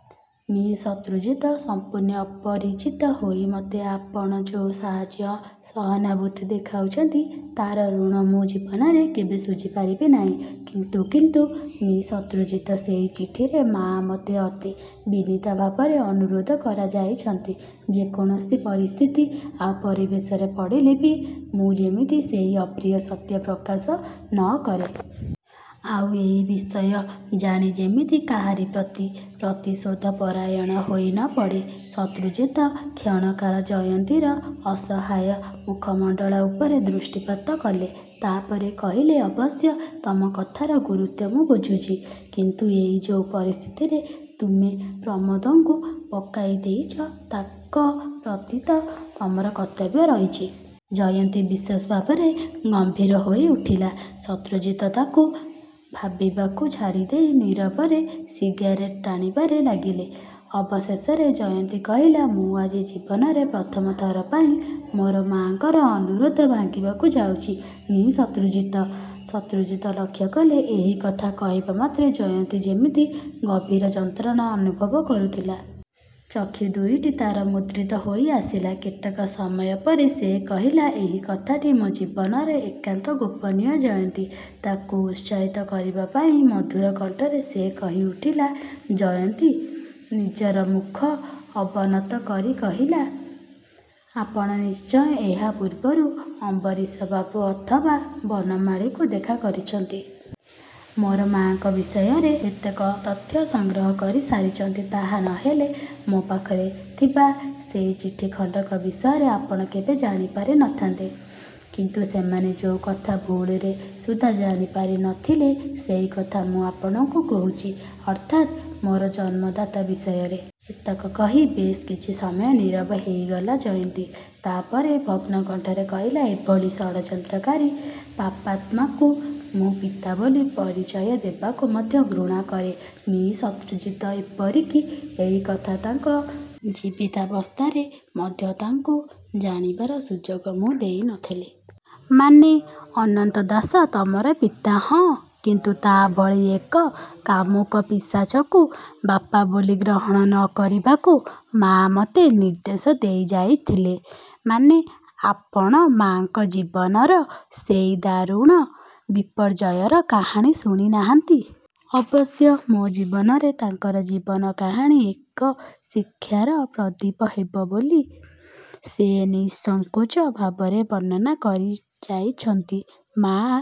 ' 'Mr: Shatrujit! ସଂପୂର୍ଣ୍ଣ ଅପରିଚିତ ହୋଇ ମୋତେ ଆପଣ ଯୋଉ ସାହାଯ୍ୟ ସହାନୁଭୁତି ଦେଖାଉଛନ୍ତି, ତାର ଋଣ ମୁଁ ଜୀବନରେ କେବେ ଶୁଝିପାରିବି ନାହିଁ। କିନ୍ତୁ କିନ୍ତୁ ମି: ଶତ୍ରୁଜିତ ସେଇ ଚିଠିରେ ମାଆ ମୋତେ ଅତି ବିନୀତ ଭାବରେ ଅନୁରୋଧ କରିଯାଇଛନ୍ତି, ଯେକୌଣସି ପରିସ୍ଥିତି ଆଉ ପରିବେଶରେ ପଡ଼ିଲେ ବି ମୁଁ ଯେମିତି ସେଇ ଅପ୍ରିୟ ସତ୍ୟ ପ୍ରକାଶ ନ କରେ। ଆଉ ଏଇ ବିଷୟ ଜାଣି ଯେମିତି କାହାରି ପ୍ରତି ପ୍ରତିଶୋଧପରାୟଣ ହୋଇ ନ ପଡ଼େ। ' ଶତ୍ରୁଜିତ କ୍ଷଣେକାଳ ଜୟନ୍ତୀର ଅସହାୟ ମୁଖମଣ୍ଡଳ ଉପରେ ଦୃଷ୍ଟିପାତ କଲେ। ତା'ପରେ କହିଲେ, 'ଅବଶ୍ୟ ତମ କଥାର ଗୁରୁତ୍ୱ ମୁଁ ବୁଝୁଛି। କିନ୍ତୁ ଏଇ ଯୋଉ ପରିସ୍ଥିତିରେ ତମେ ପ୍ରମୋଦଙ୍କୁ ପକାଇଦେଇଛ, ତାଙ୍କ ପ୍ରତିତ ତମର କର୍ତ୍ତବ୍ୟ ରହିଚି। ' ଜୟନ୍ତୀ ବିଶେଷ ଭାବରେ ଗମ୍ଭୀର ହୋଇଉଠିଲା। ଶତ୍ରୁଜିତ ତାକୁ ଭାବିବାକୁ ଛାଡ଼ିଦେଇ ନୀରବରେ ସିଗାରେଟ ଟାଣିବାରେ ଲାଗିଲେ। ଅବଶେଷରେ ଜୟନ୍ତୀ କହିଲା, 'ମୁଁ ଆଜି ଜୀବନରେ ପ୍ରଥମଥର ପାଇଁ ମୋର ମାଆଙ୍କର ଅନୁରୋଧ ଭାଙ୍ଗିବାକୁ ଯାଉଛି, ମି: ଶତ୍ରୁଜିତ! ' ଶତ୍ରୁଜିତ ଲକ୍ଷ୍ୟ କଲେ, ଏଇକଥା କହିବା ମାତ୍ରେ ଜୟନ୍ତୀ ଯେମିତି ଗଭୀର ଯନ୍ତ୍ରଣା ଅନୁଭବ କରୁଥିଲା। ଚକ୍ଷୁ ଦୁଇଟି ତା'ର ମୁଦ୍ରିତ ହୋଇଆସିଲା। କେତେକ ସମୟ ପରେ ସେ କହିଲା, ଏଇ କଥାଟି ମୋ ଜୀବନରେ ଏକାନ୍ତ ଗୋପନୀୟ। ' 'ଜୟନ୍ତୀ! ' ତାକୁ ଉତ୍ସାହିତ କରିବାପାଇଁ ମଧୁର କଣ୍ଠରେ ସେ କହିଉଠିଲେ ଜୟନ୍ତୀ ନିଜର ମୁଖ ଅବନତ କରି କହିଲା, 'ଆପଣ ନିଶ୍ଚୟ ଏହା ପୂର୍ବରୁ ଅମ୍ୱରୀଶବାବୁ ଅଥବା ବନମାଳୀକୁ ଦେଖା କରିଛନ୍ତି। ମୋର ମାଆଙ୍କ ବିଷୟରେ କେତେକ ତଥ୍ୟ ସଂଗ୍ରହ କରିସାରିଛନ୍ତି। ତାହା ନ ହେଲେ ମୋ ପାଖରେ ଥିବା ସେଇ ଚିଠିଖଣ୍ଡିକ ବିଷୟରେ ଆପଣ କେବେ ଜାଣି ପାରି ନ ଥାନ୍ତେ। ' କିନ୍ତୁ ସେମାନେ ଯୋଉ କଥା ଭୁଲରେ ସୁଦ୍ଧା ଜାଣିପାରି ନ ଥିଲେ ସେଇ କଥା ମୁଁ ଆପଣଙ୍କୁ କହୁଛି, ଅର୍ଥାତ୍ ମୋର ଜନ୍ମଦାତା ବିଷୟରେ। ଏତକ କହି ବେଶ୍ କିଛି ସମୟ ନୀରବ ହେଇଗଲା ଜୟନ୍ତୀ। ତାପରେ ଭଗ୍ନକଣ୍ଠରେ କହିଲା, 'ଏଭଳି ଷଡ଼ଯନ୍ତ୍ରକାରୀ ପାପାତ୍ମାକୁ ମୁଁ ପିତା ବୋଲି ପରିଚୟ ଦେବାକୁ ମଧ୍ୟ ଘୃଣା କରେ ମି: ଶତ୍ରୁଜିତ! ଏପରିକି ଏଇ କଥା ତାଙ୍କ ଜୀବିତାବସ୍ଥାରେ ମଧ୍ୟ ତାଙ୍କୁ ଜାଣିବାର ସୁଯୋଗ ମୁଁ ଦେଇ ନ ଥିଲି। ' 'ମାନେ, ଅନନ୍ତ ଦାସ ତମର ପିତା? ' 'ହଁ। କିନ୍ତୁ ତା ଭଳି ଏକ କାମୁକ ପିଶାଚକୁ ବାପା ବୋଲି ଗ୍ରହଣ ନ କରିବାକୁ ମାଆ ମୋତେ ନିର୍ଦ୍ଦେଶ ଦେଇଯାଇଥିଲେ। ' 'ମାନେ? ' 'ଆପଣ ମାଆଙ୍କ ଜୀବନର ସେଇ ଦାରୁଣ ବିପର୍ଯ୍ୟୟର କାହାଣୀ ଶୁଣିନାହାନ୍ତି। ଅବଶ୍ୟ ମୋ ଜୀବନରେ ତାଙ୍କର ଜୀବନକାହାଣୀ ଏକ ଶିକ୍ଷାର ପ୍ରଦୀପ ହେବ ବୋଲି ସେ ନିଃସଙ୍କୋଚ ଭାବରେ ବର୍ଣ୍ଣନା କରିଯାଇଛନ୍ତି। ମାଆ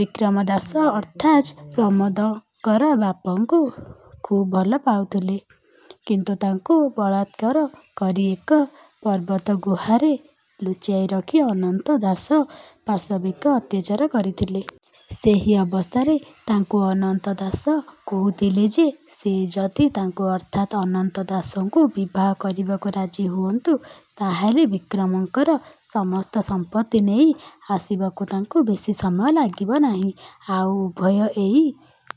ବିକ୍ରମ ଦାସ ଅର୍ଥାତ୍ ପ୍ରମୋଦଙ୍କର ବାପାଙ୍କୁ ଖୁବ୍ ଭଲ ପାଉଥିଲେ। କିନ୍ତୁ ତାଙ୍କୁ ବଳାତ୍କର କରି ଏକ ପାର୍ବତ୍ୟ ଗୁହାରେ ଲୁଚାଇ ରଖି ଅନନ୍ତ ଦାସ ପାଶବିକ ଅତ୍ୟାଚାର କରିଥିଲେ। ସେହି ଅବସ୍ଥାରେ ତାଙ୍କୁ ଅନନ୍ତ ଦାସ କହୁଥିଲେ ଯେ ସେ ଯଦି ତାଙ୍କୁ ଅର୍ଥାତ୍ ଅନନ୍ତ ଦାସଙ୍କୁ ବିବାହ କରିବାକୁ ରାଜି ହୁଅନ୍ତୁ, ତା'ହେଲେ ବିକ୍ରମଙ୍କର ସମସ୍ତ ସମ୍ପତ୍ତି ନେଇ ଆସିବାକୁ ତାଙ୍କୁ ବେଶୀ ସମୟ ଲାଗିବ ନାହିଁ। ଆଉ ଉଭୟେ ଏଇ